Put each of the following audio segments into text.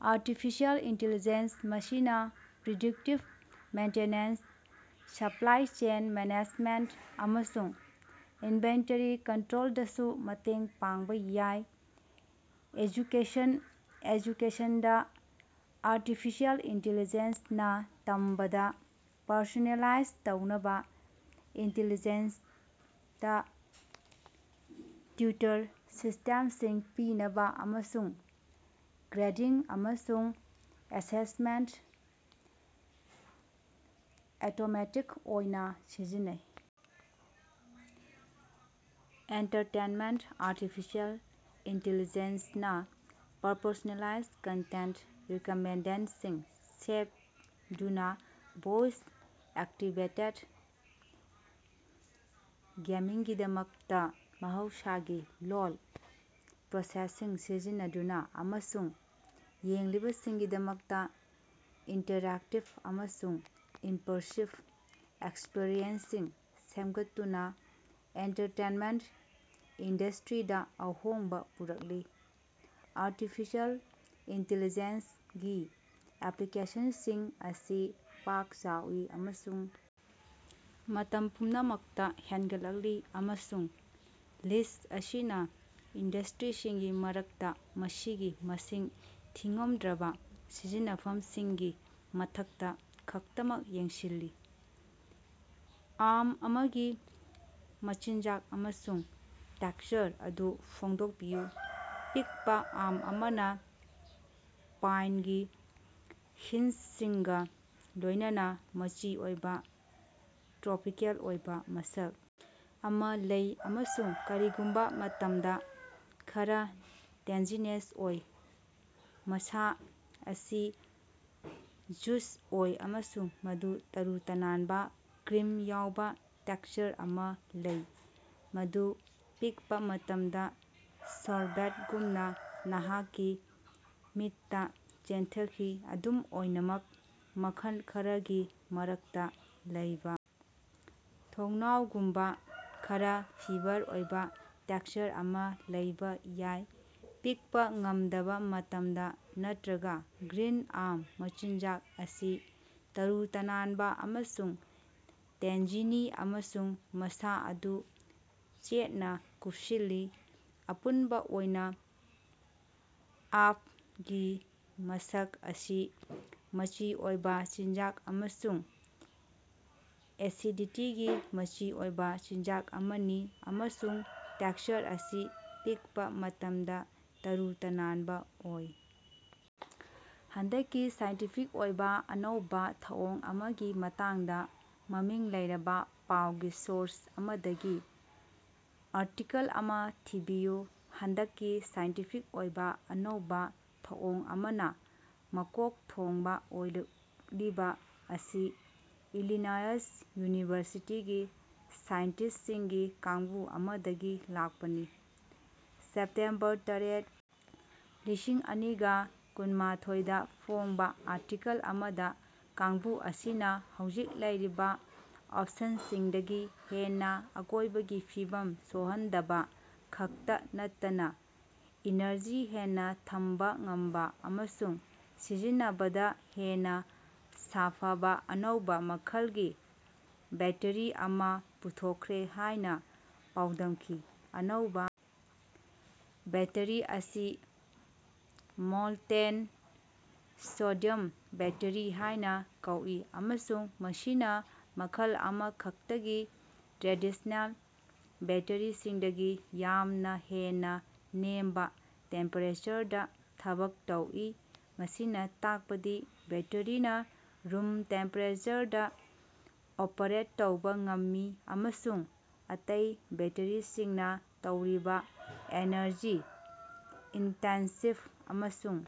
Artificial intelligence ꯃꯁꯤꯅ predictive maintenance, supply chain management ꯑꯃꯁꯨꯡ inventory ꯀꯟꯇ꯭ꯔꯣꯜꯗꯁꯨ ꯃꯇꯦꯡ ꯄꯥꯡꯕ ꯌꯥꯏ꯫ ꯑꯦꯖꯨꯀꯦꯁꯟ: ꯑꯦꯖꯨꯀꯦꯁꯟꯗ ꯑꯥꯔꯇꯤꯐꯤꯁꯤꯑꯦꯜ ꯏꯟꯇꯦꯂꯤꯖꯦꯟꯁ ꯅ ꯇꯝꯕꯗ ꯄꯔꯁꯣꯅꯦꯂꯥꯏꯖ ꯇꯧꯅꯕ, ꯏꯟꯇꯦꯂꯤꯖꯦꯟꯇ ꯇꯤꯎꯇꯔ ꯁꯤꯁꯇꯦꯝꯁꯤꯡ ꯄꯤꯅꯕ ꯑꯃꯁꯨꯡ ꯒ꯭ꯔꯦꯗꯤꯡ ꯑꯃꯁꯨꯡ ꯑꯦꯁꯦꯁꯃꯦꯟꯇ ꯑꯣꯇꯣꯃꯦꯇꯤꯛ ꯑꯣꯏꯅ ꯁꯤꯖꯤꯟꯅꯩ꯫ ꯑꯦꯟꯇꯔꯇꯦꯟꯃꯦꯟꯇ: ꯑꯥꯔꯇꯤꯐꯤꯁꯤꯑꯦꯜ ꯏꯟꯇꯦꯂꯤꯖꯦꯟꯁ ꯅ ꯄꯔꯁꯣꯅꯦꯂꯥꯏꯖ ꯀꯟꯇꯦꯟꯇ ꯔꯤꯀꯃꯦꯟꯗꯦꯁꯟꯁꯤꯡ ꯁꯦꯞꯗꯨꯅ, ꯚꯣꯏꯁ-ꯑꯦꯛꯇꯤꯚꯦꯇꯦꯗ ꯒꯦꯃꯤꯡꯒꯤꯗꯃꯛꯇ ꯃꯍꯧꯁꯥꯒꯤ ꯂꯣꯜ ꯄ꯭ꯔꯣꯁꯦꯁꯤꯡ ꯁꯤꯖꯤꯟꯅꯗꯨꯅ ꯑꯃꯁꯨꯡ ꯌꯦꯡꯂꯤꯕꯁꯤꯡꯒꯤꯗꯃꯛꯇ ꯏꯟꯇꯔꯦꯛꯇꯤꯚ ꯑꯃꯁꯨꯡ ꯏꯃꯔꯁꯤꯚ ꯑꯦꯛꯁꯄꯔꯤꯌꯦꯟꯁꯁꯤꯡ ꯁꯦꯝꯒꯠꯇꯨꯅ ꯑꯦꯟꯇꯔꯇꯦꯟꯃꯦꯟꯇ ꯏꯟꯗꯁꯗ꯭ꯔꯤꯗ ꯑꯍꯣꯡꯕ ꯄꯨꯔꯛꯂꯤ꯫ ꯑꯥꯔꯇꯤꯐꯤꯁꯤꯑꯦꯜ ꯏꯟꯇꯦꯂꯤꯖꯦꯟꯁ ꯒꯤ ꯑꯦꯄ꯭ꯂꯤꯀꯦꯁꯟꯁꯤꯡ ꯑꯁꯤ ꯄꯥꯛ ꯆꯥꯎꯏ ꯑꯃꯁꯨꯡ ꯃꯇꯝ ꯄꯨꯝꯅꯃꯛꯇ ꯍꯦꯟꯒꯠꯂꯛꯂꯤ ꯑꯃꯁꯨꯡ ꯂꯤꯁ꯭ꯠ ꯑꯁꯤꯅ ꯏꯟꯗꯁꯇ꯭ꯔꯤꯁꯤꯡꯒꯤ ꯃꯔꯛꯇ ꯃꯁꯤꯒꯤ ꯃꯁꯤꯡ ꯊꯤꯉꯝꯗ꯭ꯔꯕ ꯁꯤꯖꯤꯟꯅꯐꯝꯁꯤꯡꯒꯤ ꯃꯊꯛꯇ ꯈꯛꯇꯃꯛ ꯌꯦꯡꯁꯤꯜꯂꯤ꯫ ꯑꯥꯝ ꯑꯃꯒꯤ ꯃꯆꯤꯟꯖꯥꯛ ꯑꯃꯁꯨꯡ ꯇꯦꯛꯁꯆꯔ ꯑꯗꯨ ꯐꯣꯡꯗꯣꯛꯄꯤꯌꯨ꯫ ꯄꯤꯛꯄ ꯑꯥꯝ ꯑꯃꯅ ꯄꯥꯏꯟꯒꯤ ꯍꯤꯟꯁꯁꯤꯡꯒ ꯂꯣꯏꯅꯅ ꯃꯆꯤ ꯑꯣꯏꯕ, ꯇ꯭ꯔꯣꯄꯤꯀꯦꯜ ꯑꯣꯏꯕ ꯃꯁꯛ ꯑꯃ ꯂꯩ ꯑꯃꯁꯨꯡ ꯀꯔꯤꯒꯨꯝꯕ ꯃꯇꯝꯗ ꯈꯔ ꯇꯦꯟꯖꯤꯅꯦꯁ ꯑꯣꯏ꯫ ꯃꯁꯥ ꯑꯁꯤ ꯖꯨꯁ ꯑꯣꯏ ꯑꯃꯁꯨꯡ ꯃꯗꯨ ꯇꯔꯨ-ꯇꯅꯥꯟꯕ, ꯀ꯭ꯔꯤꯝ ꯌꯥꯎꯕ ꯇꯦꯛꯁꯆꯔ ꯑꯃ ꯂꯩ, ꯃꯗꯨ ꯄꯤꯛꯄ ꯃꯇꯝꯗ ꯁꯣꯔꯕꯦꯇꯒꯨꯝꯅ ꯅꯍꯥꯛꯀꯤ ꯃꯤꯠꯇ ꯆꯦꯟꯊꯈꯤ꯫ ꯑꯗꯨꯝ ꯑꯣꯏꯅꯃꯛ ꯃꯈꯜ ꯈꯔꯒꯤ ꯃꯔꯛꯇ ꯂꯩꯕ ꯊꯣꯡꯅꯥꯎꯁꯤꯡꯒꯨꯝꯅ ꯈꯔ ꯐꯤꯕꯔ ꯑꯣꯏꯕ ꯇꯦꯛꯁꯆꯔ ꯑꯃ ꯂꯩꯕ ꯌꯥꯏ꯫ ꯄꯤꯛꯄ ꯉꯝꯗꯕ ꯃꯇꯝꯗ, ꯅꯠꯇ꯭ꯔꯒ ꯒ꯭ꯔꯤꯟ ꯑꯥꯝ ꯃꯆꯤꯟꯖꯥꯛ ꯑꯁꯤ ꯇꯔꯨ-ꯇꯅꯥꯟꯕ ꯑꯃꯁꯨꯡ ꯇꯦꯟꯖꯤꯅꯤ ꯑꯃꯁꯨꯡ ꯃꯁꯥ ꯑꯗꯨ ꯆꯦꯠꯅ ꯀꯨꯞꯁꯤꯜꯂꯤ꯫ ꯑꯄꯨꯟꯕ ꯑꯣꯏꯅ ꯑꯥꯞꯒꯤ ꯃꯁꯛ ꯑꯁꯤ ꯃꯆꯤ ꯑꯣꯏꯕ ꯆꯤꯟꯖꯥꯛ ꯑꯃꯁꯨꯡ ꯑꯦꯁꯤꯗꯤꯇꯤꯒꯤ ꯃꯆꯤ ꯑꯣꯏꯕ ꯆꯤꯟꯖꯥꯛ ꯑꯃꯅꯤ ꯑꯃꯁꯨꯡ ꯇꯦꯛꯁꯆꯔ ꯑꯁꯤ ꯄꯤꯛꯄ ꯃꯇꯝꯗ ꯇꯔꯨ ꯇꯅꯥꯟꯕ ꯑꯣꯏ꯫। ꯍꯟꯗꯛꯀꯤ ꯁꯥꯏꯟꯇꯤꯐꯤꯛ ꯑꯣꯏꯕ ꯑꯅꯧꯕ ꯊꯧꯑꯣꯡ ꯑꯃꯒꯤ ꯃꯇꯥꯡꯗ ꯃꯃꯤꯡ ꯂꯩꯔꯕ ꯄꯥꯎꯒꯤ ꯁꯣꯔꯁ ꯑꯃꯗꯒꯤ ꯑꯥꯔꯇꯤꯀꯜ ꯑꯃ ꯊꯤꯕꯤꯌꯨ꯫ ꯍꯟꯗꯛꯀꯤ ꯁꯥꯏꯟꯇꯤꯐꯤꯛ ꯑꯣꯏꯕ ꯑꯅꯧꯕ ꯊꯧꯑꯣꯡ ꯑꯃꯅ ꯃꯀꯣꯛ ꯊꯣꯡꯕ ꯑꯣꯏꯔꯛꯂꯤꯕ ꯑꯁꯤ ꯏꯂꯤꯅꯌꯁ ꯌꯨꯅꯤꯚꯔꯁꯤꯇꯤꯒꯤ ꯁꯥꯏꯟꯇꯤꯁꯠꯁꯤꯡꯒꯤ ꯀꯥꯡꯕꯨ ꯑꯃꯗꯒꯤ ꯂꯥꯛꯄꯅꯤ꯫ ꯁꯦꯞꯇꯦꯝꯕꯔ ꯇꯔꯦꯠ, ꯂꯤꯁꯤꯡ ꯑꯅꯤꯒ ꯀꯨꯟꯃꯥꯊꯣꯏꯗ ꯐꯣꯡꯕ ꯑꯥꯔꯇꯤꯀꯜ ꯑꯃꯗ ꯀꯥꯡꯕꯨ ꯑꯁꯤꯅ ꯍꯧꯖꯤꯛ ꯂꯩꯔꯤꯕ ꯑꯣꯞꯁꯟꯁꯤꯡꯗꯒꯤ ꯍꯦꯟꯅ ꯑꯀꯣꯏꯕꯒꯤ ꯐꯤꯚꯝ ꯁꯣꯛꯍꯟꯗꯕ ꯈꯛꯇ ꯅꯠꯇꯅ ꯏꯅꯔꯖꯤ ꯍꯦꯟꯅ ꯊꯝꯕ ꯉꯝꯕ ꯑꯃꯁꯨꯡ ꯁꯤꯖꯤꯟꯅꯕꯗ ꯍꯦꯟꯅ ꯁꯥꯐꯕ ꯑꯅꯧꯕ ꯃꯈꯜꯒꯤ ꯕꯦꯠꯇꯔꯤ ꯑꯃ ꯄꯨꯊꯣꯛꯈ꯭ꯔꯦ ꯍꯥꯏꯅ ꯄꯥꯎꯗꯝꯈꯤ꯫ ꯑꯅꯧꯕ ꯕꯦꯠꯇꯔꯤ ꯑꯁꯤ "ꯃꯣꯜꯇꯦꯟ ꯁꯣꯗꯤꯌꯝ ꯕꯦꯠꯇꯔꯤ" ꯍꯥꯏꯅ ꯀꯧꯏ, ꯑꯃꯁꯨꯡ ꯃꯁꯤꯅ ꯃꯈꯜ ꯑꯃꯈꯛꯇꯒꯤ ꯇ꯭ꯔꯦꯗꯤꯁ꯭ꯅꯦꯜ ꯕꯦꯠꯇꯔꯤꯁꯤꯡꯗꯒꯤ ꯌꯥꯝꯅ ꯍꯦꯟꯅ ꯅꯦꯝꯕ ꯇꯦꯝꯄꯦꯔꯦꯆꯔꯗ ꯊꯕꯛ ꯇꯧꯏ꯫ ꯃꯁꯤꯅ ꯇꯥꯛꯄꯗꯤ ꯕꯦꯠꯇꯔꯤꯅ ꯔꯨꯝ ꯇꯦꯝꯄꯦꯔꯦꯆꯔꯗ ꯑꯣꯄꯔꯦꯠ ꯇꯧꯕ ꯉꯝꯃꯤ ꯑꯃꯁꯨꯡ ꯑꯇꯩ ꯕꯦꯠꯇꯔꯤꯁꯤꯡꯅ ꯇꯧꯔꯤꯕ ꯑꯦꯅꯔꯖꯤ-ꯏꯟꯇꯦꯟꯁꯤꯚ ꯑꯃꯁꯨꯡ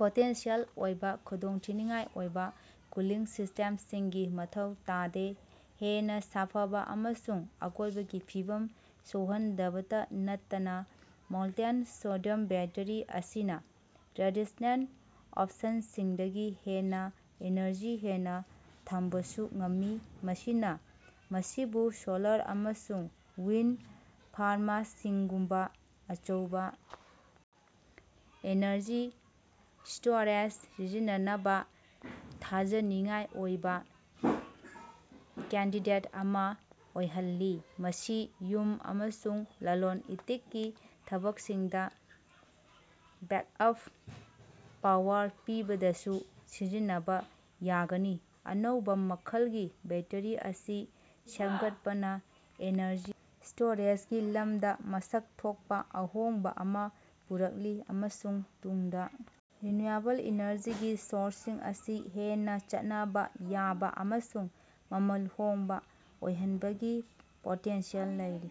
ꯄꯣꯇꯦꯟꯁꯤꯑꯦꯜ ꯑꯣꯏꯕ ꯈꯨꯗꯣꯡꯊꯤꯅꯤꯉꯥꯏ ꯑꯣꯏꯕ ꯀꯨꯂꯤꯡ ꯁꯤꯁꯇꯦꯝꯁꯤꯡꯒꯤ ꯃꯊꯧ ꯇꯥꯗꯦ꯫ ꯍꯦꯟꯅ ꯁꯥꯐꯕ ꯑꯃꯁꯨꯡ ꯑꯀꯣꯏꯕꯒꯤ ꯐꯤꯕꯝ ꯁꯣꯛꯍꯟꯗꯕꯇ ꯅꯠꯇꯅ ꯃꯣꯜꯇꯦꯟ ꯁꯣꯗꯤꯌꯝ ꯕꯦꯠꯇꯔꯤ ꯑꯁꯤꯅ ꯇ꯭ꯔꯦꯗꯤꯁ꯭ꯅꯦꯜ ꯑꯣꯞꯁꯟꯁꯤꯡꯗꯒꯤ ꯍꯦꯟꯅ ꯏꯅꯔꯖꯤ ꯍꯦꯟꯅ ꯊꯝꯕꯁꯨ ꯉꯝꯃꯤ꯫ ꯃꯁꯤꯅ ꯃꯁꯤꯕꯨ ꯁꯣꯂꯥꯔ ꯑꯃꯁꯨꯡ ꯋꯤꯟꯗ ꯐꯥꯔꯃꯁꯤꯡꯒꯨꯝꯕ ꯑꯆꯧꯕ ꯏꯅꯔꯖꯤ ꯁ꯭ꯇꯣꯔꯦꯖꯗ ꯁꯤꯖꯤꯟꯅꯅꯕ ꯊꯥꯖꯅꯤꯡꯉꯥꯏ ꯑꯣꯏꯕ ꯀꯦꯟꯗꯤꯗꯦꯠ ꯑꯃ ꯑꯣꯏꯍꯜꯂꯤ꯫ ꯃꯁꯤ ꯌꯨꯝ ꯑꯃꯁꯨꯡ ꯂꯂꯣꯟ-ꯏꯇꯤꯛꯀꯤ ꯊꯕꯛꯁꯤꯡꯗ ꯕꯦꯛꯑꯞ ꯄꯥꯋꯔ ꯄꯤꯕꯗꯁꯨ ꯁꯤꯖꯤꯟꯅꯕ ꯌꯥꯒꯅꯤ꯫ ꯑꯅꯧꯕ ꯃꯈꯜꯒꯤ ꯕꯦꯠꯇꯔꯤ ꯑꯁꯤ ꯁꯦꯝꯒꯠꯄꯅ ꯏꯅꯔꯖꯤ ꯁ꯭ꯇꯣꯔꯦꯖꯒꯤ ꯂꯝꯗ ꯃꯁꯛ ꯊꯣꯛꯄ ꯑꯍꯣꯡꯕ ꯑꯃ ꯄꯨꯔꯛꯂꯤ ꯑꯃꯁꯨꯡ ꯇꯨꯡꯗ ꯔꯤꯟꯌꯨꯑꯦꯕꯜ ꯏꯅꯔꯖꯤꯒꯤ ꯁꯣꯔꯁꯁꯤꯡ ꯑꯁꯤ ꯍꯦꯟꯅ ꯆꯠꯅꯕ ꯌꯥꯕ ꯑꯃꯁꯨꯡ ꯃꯃꯜ ꯍꯣꯡꯕ ꯑꯣꯏꯍꯟꯕꯒꯤ ꯄꯣꯇꯦꯟꯁꯤꯌꯦꯜ ꯂꯩꯔꯤ꯫